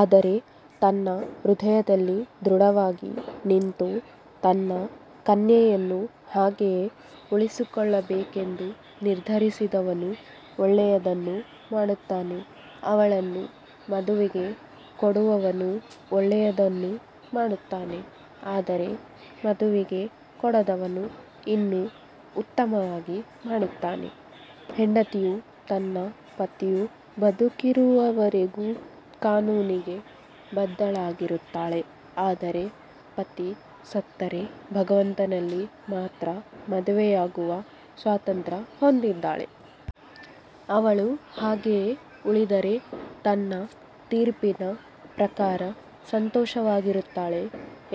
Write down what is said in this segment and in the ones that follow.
ಆದರೆ ತನ್ನ ಹೃದಯದಲ್ಲಿ ದೃಢವಾಗಿ ನಿಂತು ತನ್ನ ಕನ್ಯೆಯನ್ನು ಹಾಗೆಯೇ ಉಳಿಸಿಕೊಳ್ಳಬೇಕೆಂದು ನಿರ್ಧರಿಸಿದವನು ಒಳ್ಳೆಯದನ್ನು ಮಾಡುತ್ತಾನೆ. ಅವಳನ್ನು ಮದುವೆಗೆ ಕೊಡುವವನು ಒಳ್ಳೆಯದನ್ನು ಮಾಡುತ್ತಾನೆ, ಆದರೆ ಮದುವೆಗೆ ಕೊಡದವನು ಇನ್ನೂ ಉತ್ತಮವಾಗಿ ಮಾಡುತ್ತಾನೆ. ಹೆಂಡತಿಯು ತನ್ನ ಪತಿಯು ಬದುಕಿರುವವರೆಗೂ ಕಾನೂನಿಗೆ ಬದ್ಧಳಾಗಿರುತ್ತಾಳೆ, ಆದರೆ ಪತಿ ಸತ್ತರೆ ಭಗವಂತನಲ್ಲಿ ಮಾತ್ರ ಮದುವೆಯಾಗುವ ಸ್ವಾತಂತ್ರ್ಯ ಹೊಂದಿದ್ದಾಳೆ. ಅವಳು ಹಾಗೆಯೇ ಉಳಿದರೆ ನನ್ನ ತೀರ್ಪಿನ ಪ್ರಕಾರ ಸಂತೋಷವಾಗಿರುತ್ತಾಳೆ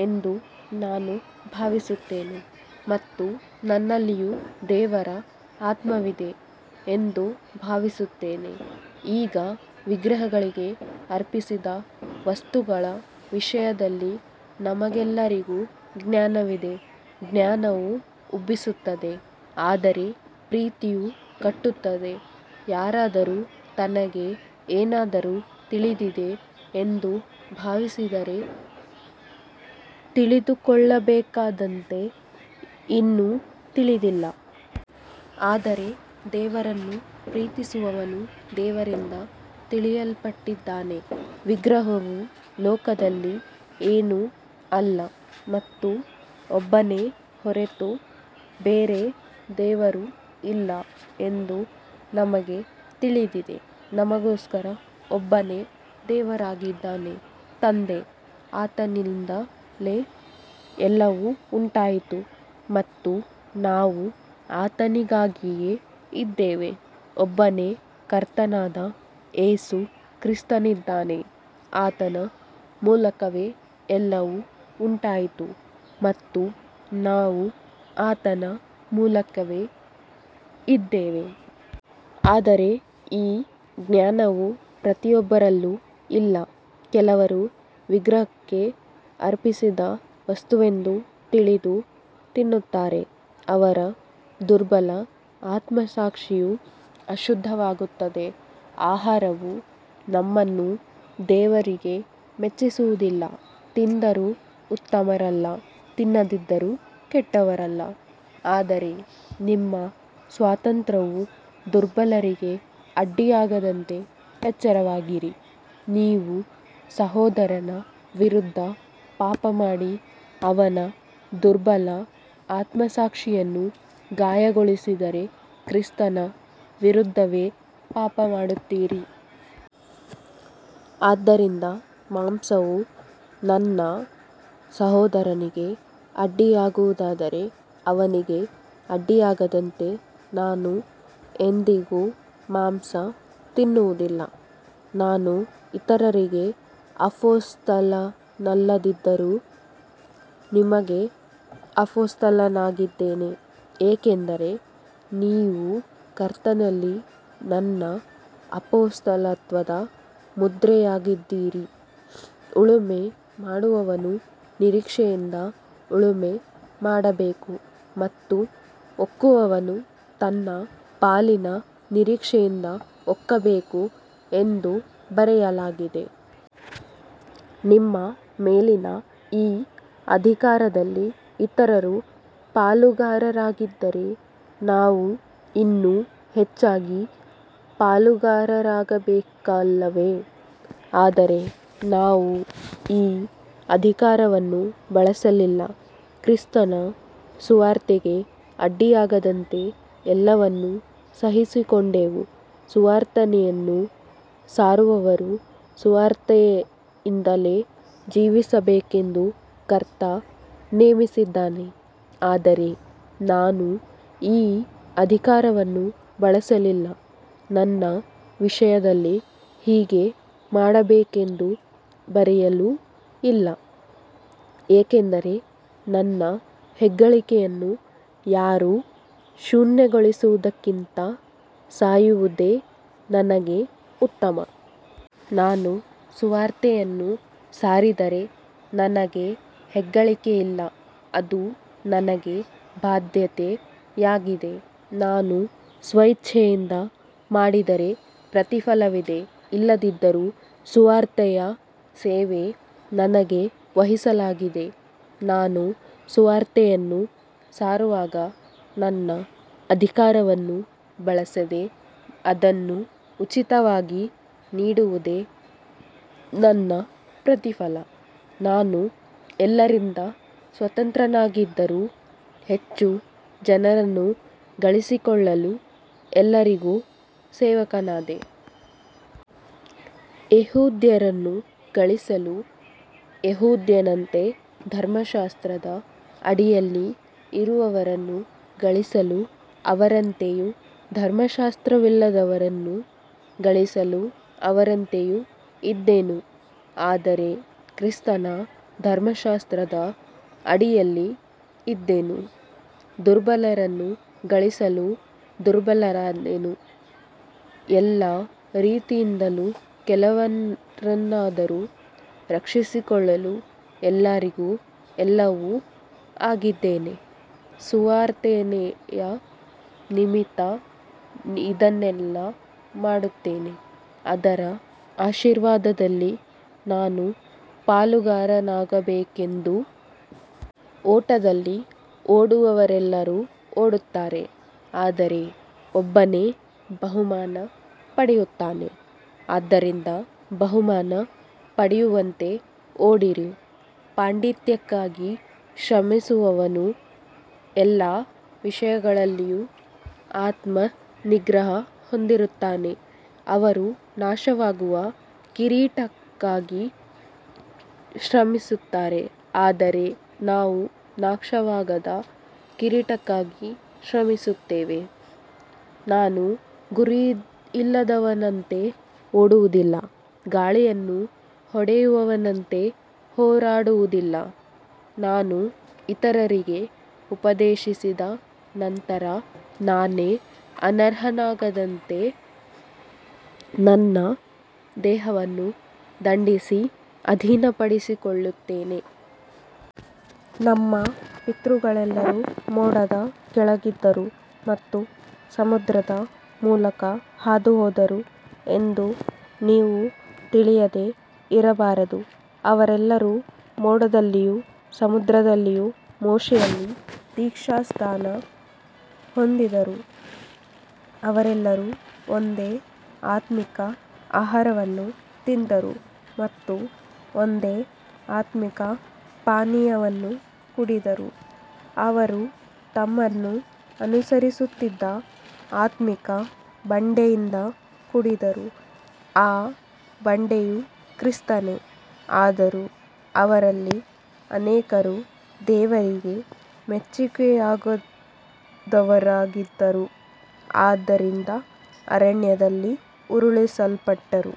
ಎಂದು ನಾನು ಭಾವಿಸುತ್ತೇನೆ, ಮತ್ತು ನನ್ನಲ್ಲಿಯೂ ದೇವರ ಆತ್ಮವಿದೆ ಎಂದು ಭಾವಿಸುತ್ತೇನೆ. ಈಗ ವಿಗ್ರಹಗಳಿಗೆ ಅರ್ಪಿಸಿದ ವಸ್ತುಗಳ ವಿಷಯದಲ್ಲಿ ನಮಗೆಲ್ಲರಿಗೂ ಜ್ಞಾನವಿದೆ. ಜ್ಞಾನವು ಉಬ್ಬಿಸುತ್ತದೆ, ಆದರೆ ಪ್ರೀತಿಯು ಕಟ್ಟುತ್ತದೆ. ಯಾರಾದರೂ ತನಗೆ ಏನಾದರೂ ತಿಳಿದಿದೆ ಎಂದು ಭಾವಿಸಿದರೆ, ತಿಳಿದುಕೊಳ್ಳಬೇಕಾದಂತೆ ಇನ್ನೂ ತಿಳಿದಿಲ್ಲ. ಆದರೆ ದೇವರನ್ನು ಪ್ರೀತಿಸುವವನು ದೇವರಿಂದ ತಿಳಿಯಲ್ಪಟ್ಟಿದ್ದಾನೆ. ವಿಗ್ರಹವು ಲೋಕದಲ್ಲಿ ಏನೂ ಅಲ್ಲ ಮತ್ತು ಒಬ್ಬನೇ ಹೊರತು ಬೇರೆ ದೇವರು ಇಲ್ಲ ಎಂದು ನಮಗೆ ತಿಳಿದಿದೆ. ನಮಗೋಸ್ಕರ ಒಬ್ಬನೇ ದೇವರಿದ್ದಾನೆ, ತಂದೆ, ಆತನಿಂದಲೇ ಎಲ್ಲವೂ ಉಂಟಾಯಿತು ಮತ್ತು ನಾವು ಆತನಿಗಾಗಿಯೇ ಇದ್ದೇವೆ. ಒಬ್ಬನೇ ಕರ್ತನಾದ ಯೇಸು ಕ್ರಿಸ್ತನಿದ್ದಾನೆ, ಆತನ ಮೂಲಕವೇ ಎಲ್ಲವೂ ಉಂಟಾಯಿತು ಮತ್ತು ನಾವು ಆತನ ಮೂಲಕವೇ ಇದ್ದೇವೆ. ಆದರೆ ಈ ಜ್ಞಾನವು ಪ್ರತಿಯೊಬ್ಬರಲ್ಲೂ ಇಲ್ಲ. ಕೆಲವರು ವಿಗ್ರಹಕ್ಕೆ ಅರ್ಪಿಸಿದ ವಸ್ತುವೆಂದು ತಿಳಿದು ತಿನ್ನುತ್ತಾರೆ, ಅವರ ದುರ್ಬಲ ಆತ್ಮಸಾಕ್ಷಿಯು ಅಶುದ್ಧವಾಗುತ್ತದೆ. ಆಹಾರವು ನಮ್ಮನ್ನು ದೇವರಿಗೆ ಮೆಚ್ಚಿಸುವುದಿಲ್ಲ, ತಿಂದರೂ ಉತ್ತಮರಲ್ಲ, ತಿನ್ನದಿದ್ದರೂ ಕೆಟ್ಟವರಲ್ಲ. ಆದರೆ ನಿಮ್ಮ ಸ್ವಾತಂತ್ರ್ಯವು ದುರ್ಬಲರಿಗೆ ಅಡ್ಡಿಯಾಗದಂತೆ ಎಚ್ಚರವಾಗಿರಿ. ನೀವು ಸಹೋದರನ ವಿರುದ್ಧ ಪಾಪಮಾಡಿ ಅವನ ದುರ್ಬಲ ಆತ್ಮಸಾಕ್ಷಿಯನ್ನು ಗಾಯಗೊಳಿಸಿದರೆ ಕ್ರಿಸ್ತನ ವಿರುದ್ಧವೇ ಪಾಪಮಾಡುತ್ತೀರಿ. ಆದ್ದರಿಂದ ಮಾಂಸವು ನನ್ನ ಸಹೋದರನಿಗೆ ಅಡ್ಡಿಯಾಗುವುದಾದರೆ, ಅವನಿಗೆ ಅಡ್ಡಿಯಾಗದಂತೆ ನಾನು ಎಂದಿಗೂ ಮಾಂಸ ತಿನ್ನುವುದಿಲ್ಲ. ನಾನು ಇತರರಿಗೆ ಅಪೊಸ್ತಲನಲ್ಲದಿದ್ದರೂ ನಿಮಗೆ ಅಪೊಸ್ತಲನಾಗಿದ್ದೇನೆ, ಏಕೆಂದರೆ ನೀವು ಕರ್ತನಲ್ಲಿ ನನ್ನ ಅಪೊಸ್ತಲತ್ವದ ಮುದ್ರೆಯಾಗಿದ್ದೀರಿ. ಉಳುಮೆ ಮಾಡುವವನು ನಿರೀಕ್ಷೆಯಿಂದ ಉಳುಮೆ ಮಾಡಬೇಕು ಮತ್ತು ಒಕ್ಕುವವನು ತನ್ನ ಪಾಲಿನ ನಿರೀಕ್ಷೆಯಿಂದ ಒಕ್ಕಬೇಕು ಎಂದು ಬರೆಯಲಾಗಿದೆ. ನಿಮ್ಮ ಮೇಲಿನ ಈ ಅಧಿಕಾರದಲ್ಲಿ ಇತರರು ಪಾಲುಗಾರರಾಗಿದ್ದರೆ ನಾವು ಇನ್ನೂ ಹೆಚ್ಚಾಗಿ ಪಾಲುಗಾರರಾಗಬೇಕಲ್ಲವೇ. ಆದರೂ ನಾವು ಈ ಅಧಿಕಾರವನ್ನು ಬಳಸಲಿಲ್ಲ, ಕ್ರಿಸ್ತನ ಸುವಾರ್ತೆಗೆ ಅಡ್ಡಿಯಾಗದಂತೆ ಎಲ್ಲವನ್ನೂ ಸಹಿಸಿಕೊಂಡೆವು. ಸುವಾರ್ತೆಯನ್ನು ಸಾರುವವರು ಸುವಾರ್ತೆಯಿಂದಲೇ ಜೀವಿಸಬೇಕೆಂದು ಕರ್ತನು ನೇಮಿಸಿದ್ದಾನೆ. ಆದರೆ ನಾನು ಈ ಅಧಿಕಾರವನ್ನು ಬಳಸಲಿಲ್ಲ, ನನ್ನ ವಿಷಯದಲ್ಲಿ ಹೀಗೆ ಮಾಡಬೇಕೆಂದು ಬರೆಯಲೂ ಇಲ್ಲ, ಏಕೆಂದರೆ ನನ್ನ ಹೆಗ್ಗಳಿಕೆಯನ್ನು ಯಾರೂ ಶೂನ್ಯಗೊಳಿಸುವುದಕ್ಕಿಂತ ಸಾಯುವುದೇ ನನಗೆ ಉತ್ತಮ. ನಾನು ಸುವಾರ್ತೆಯನ್ನು ಸಾರಿದರೆ ನನಗೆ ಹೆಗ್ಗಳಿಕೆಯಿಲ್ಲ, ಅದು ನನಗೆ ಬಾಧ್ಯತೆಯಾಗಿದೆ. ನಾನು ಸ್ವಇಚ್ಛೆಯಿಂದ ಮಾಡಿದರೆ ಪ್ರತಿಫಲವಿದೆ, ಇಲ್ಲದಿದ್ದರೂ ಸುವಾರ್ತೆಯ ಸೇವೆ ನನಗೆ ವಹಿಸಲಾಗಿದೆ. ನಾನು ಸುವಾರ್ತೆಯನ್ನು ಸಾರುವಾಗ ನನ್ನ ಅಧಿಕಾರವನ್ನು ಬಳಸದೆ ಅದನ್ನು ಉಚಿತವಾಗಿ ನೀಡುವುದೇ ನನ್ನ ಪ್ರತಿಫಲ. ನಾನು ಎಲ್ಲರಿಂದ ಸ್ವತಂತ್ರನಾಗಿದ್ದರೂ ಹೆಚ್ಚು ಜನರನ್ನು ಗಳಿಸಿಕೊಳ್ಳಲು ಎಲ್ಲರಿಗೂ ಸೇವಕನಾದೆ. ಯೆಹೂದ್ಯರನ್ನು ಗಳಿಸಲು ಯೆಹೂದ್ಯನಂತೆ, ಧರ್ಮಶಾಸ್ತ್ರದ ಅಡಿಯಲ್ಲಿ ಇರುವವರನ್ನು ಗಳಿಸಲು ಅವರಂತೆಯೂ, ಧರ್ಮಶಾಸ್ತ್ರವಿಲ್ಲದವರನ್ನು ಗಳಿಸಲು ಅವರಂತೆಯೂ ಇದ್ದೆನು, ಆದರೆ ಕ್ರಿಸ್ತನ ಧರ್ಮಶಾಸ್ತ್ರದ ಅಡಿಯಲ್ಲಿ ಇದ್ದೆನು. ದುರ್ಬಲರನ್ನು ಗಳಿಸಲು ದುರ್ಬಲನಾದೆನು. ಎಲ್ಲ ರೀತಿಯಿಂದಲೂ ಕೆಲವರನ್ನಾದರೂ ರಕ್ಷಿಸಿಕೊಳ್ಳಲು ಎಲ್ಲರಿಗೂ ಎಲ್ಲವೂ ಆಗಿದ್ದೇನೆ. ಸುವಾರ್ತೆಯ ನಿಮಿತ್ತ ಇದನ್ನೆಲ್ಲ ಮಾಡುತ್ತೇನೆ, ಅದರ ಆಶೀರ್ವಾದದಲ್ಲಿ ನಾನೂ ಪಾಲುಗಾರನಾಗಬೇಕೆಂದು. ಓಟದಲ್ಲಿ ಓಡುವವರೆಲ್ಲರೂ ಓಡುತ್ತಾರೆ, ಆದರೆ ಒಬ್ಬನೇ ಬಹುಮಾನ ಪಡೆಯುತ್ತಾನೆ. ಆದ್ದರಿಂದ ಬಹುಮಾನ ಪಡೆಯುವಂತೆ ಓಡಿರಿ. ಪಾಂಡಿತ್ಯಕ್ಕಾಗಿ ಶ್ರಮಿಸುವವನು ಎಲ್ಲ ವಿಷಯಗಳಲ್ಲಿಯೂ ಆತ್ಮನಿಗ್ರಹ ಹೊಂದಿರುತ್ತಾನೆ. ಅವರು ನಾಶವಾಗುವ ಕಿರೀಟಕ್ಕಾಗಿ ಶ್ರಮಿಸುತ್ತಾರೆ, ಆದರೆ ನಾವು ನಾಶವಾಗದ ಕಿರೀಟಕ್ಕಾಗಿ ಶ್ರಮಿಸುತ್ತೇವೆ. ನಾನು ಗುರಿಯಿಲ್ಲದವನಂತೆ ಓಡುವುದಿಲ್ಲ, ಗಾಳಿಯನ್ನು ಹೊಡೆಯುವವನಂತೆ ಹೋರಾಡುವುದಿಲ್ಲ. ನಾನು ಇತರರಿಗೆ ಉಪದೇಶಿಸಿದ ನಂತರ ನಾನೇ ಅನರ್ಹನಾಗದಂತೆ ನನ್ನ ದೇಹವನ್ನು ದಂಡಿಸಿ ಅಧೀನಪಡಿಸಿಕೊಳ್ಳುತ್ತೇನೆ. ನಮ್ಮ ಪಿತೃಗಳೆಲ್ಲರೂ ಮೋಡದ ಕೆಳಗಿದ್ದರು ಮತ್ತು ಸಮುದ್ರದ ಮೂಲಕ ಹಾದುಹೋದರು ಎಂದು ನೀವು ತಿಳಿಯದೆ ಇರಬಾರದು. ಅವರೆಲ್ಲರೂ ಮೋಡದಲ್ಲಿಯೂ ಸಮುದ್ರದಲ್ಲಿಯೂ ಮೋಶೆಯಲ್ಲಿ ದೀಕ್ಷಾಸ್ನಾನ ಹೊಂದಿದರು. ಅವರೆಲ್ಲರೂ ಒಂದೇ ಆತ್ಮಿಕ ಆಹಾರವನ್ನು ತಿಂದರು ಮತ್ತು ಒಂದೇ ಆತ್ಮಿಕ ಪಾನೀಯವನ್ನು ಕುಡಿದರು. ಅವರು ತಮ್ಮನ್ನು ಅನುಸರಿಸುತ್ತಿದ್ದ ಆತ್ಮಿಕ ಬಂಡೆಯಿಂದ ಕುಡಿದರು, ಆ ಬಂಡೆಯು ಕ್ರಿಸ್ತನೇ. ಆದರೂ ಅವರಲ್ಲಿ ಅನೇಕರು ದೇವರಿಗೆ ಮೆಚ್ಚಿಕೆಯಾಗದವರಾಗಿದ್ದರು, ಆದ್ದರಿಂದ ಅರಣ್ಯದಲ್ಲಿ ಉರುಳಿಸಲ್ಪಟ್ಟರು.